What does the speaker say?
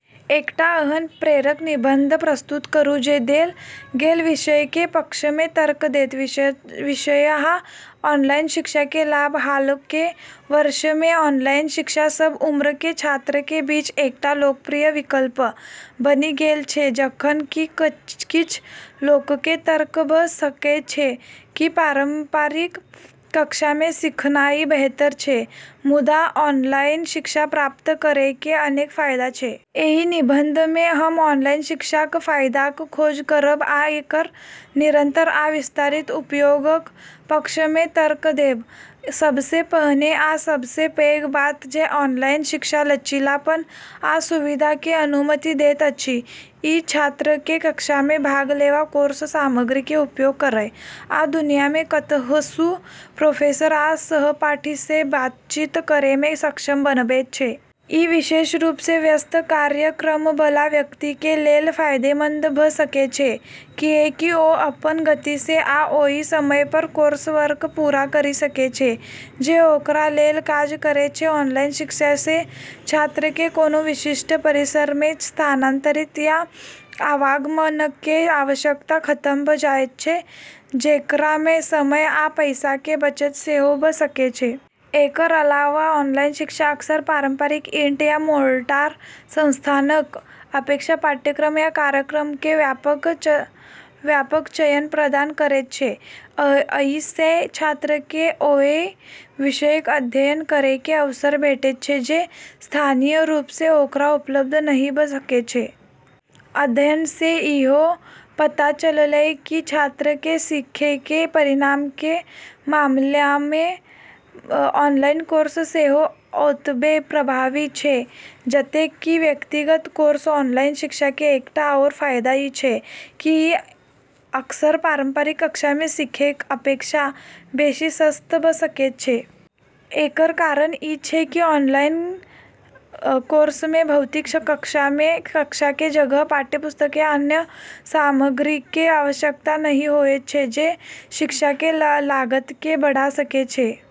एकटा एहन प्रेरक निबंध प्रस्तुत करू जे देल गेल विषयके पक्षमे तर्क देत। विषय: ऑनलाइन शिक्षाके लाभ - हालके वर्षमे ऑनलाइन शिक्षा सब उम्रके छात्रके बीच एकटा लोकप्रिय विकल्प बनि गेल छै। जखन कि किछ लोकके तर्क भ' सकै छै कि पारंपरिक कक्षामे सिखनाइ बेहतर छै, मुदा ऑनलाइन शिक्षा प्राप्त करैके अनेक फाइदा छै। एहि निबंधमे हम ऑनलाइन शिक्षाक फाइदाक खोज करब आ एकर निरंतर आ विस्तारित उपयोगक पक्षमे तर्क देब। सबसँ पहिने आ सबसँ पैघ बात जे ऑनलाइन शिक्षा लचीलापन आ सुविधाके अनुमति दैत अछि। ई छात्रके कक्षामे भाग लेवा, कोर्स सामग्रीके उपयोग करय, आ दुनियामे कतहुसँ प्रोफेसर आ सहपाठीसँ बातचीत करेमे सक्षम बनबैत छै. ई विशेष रूपसँ व्यस्त कार्यक्रमबला व्यक्तिके लेल फाइदेमंद भ' सकै छै, किएकि ओ अपन गतिसँ आ ओइ समय पर कोर्सवर्क पूरा करि सकै छै जे ओकरा लेल काज करै छै। ऑनलाइन शिक्षासँ छात्रके कोनो विशिष्ट परिसरमे स्थानांतरित या आवागमनके आवश्यकता खतम भ' जाइत छै, जेकरासँ समय आ पैसाके बचत सेहो भ' सकै छै। एकर अलावा ऑनलाइन शिक्षा अक्सर पारंपरिक ईंट आ मोर्टार संस्थानक अपेक्षा पाठ्यक्रम आ कार्यक्रमके व्यापक चयन प्रदान करैत छै। अइसँ छात्रके ओइ विषयक अध्ययन करैके अवसर भेटैत छै जे स्थानीय रूपसँ ओकरा उपलब्ध नहि भ' सकै छै। अध्ययनसँ इहो पता चललै कि छात्रके सिखैके परिणामके मामिलामे ऑनलाइन कोर्स सेहो ओतबै प्रभावी छै जतेक कि व्यक्तिगत कोर्स। ऑनलाइन शिक्षाके एकटा आओर फाइदा ई छै कि ई अक्सर पारंपरिक कक्षामे सिखैके अपेक्षा बेशी सस्त भ' सकै छै। एकर कारण ई छै कि ऑनलाइन कोर्समे भौतिक कक्षाके जगह, पाठ्यपुस्तक, या अन्य सामग्रीके आवश्यकता नहि होइत छै जे शिक्षाके लागतके बढ़ा सकै छै।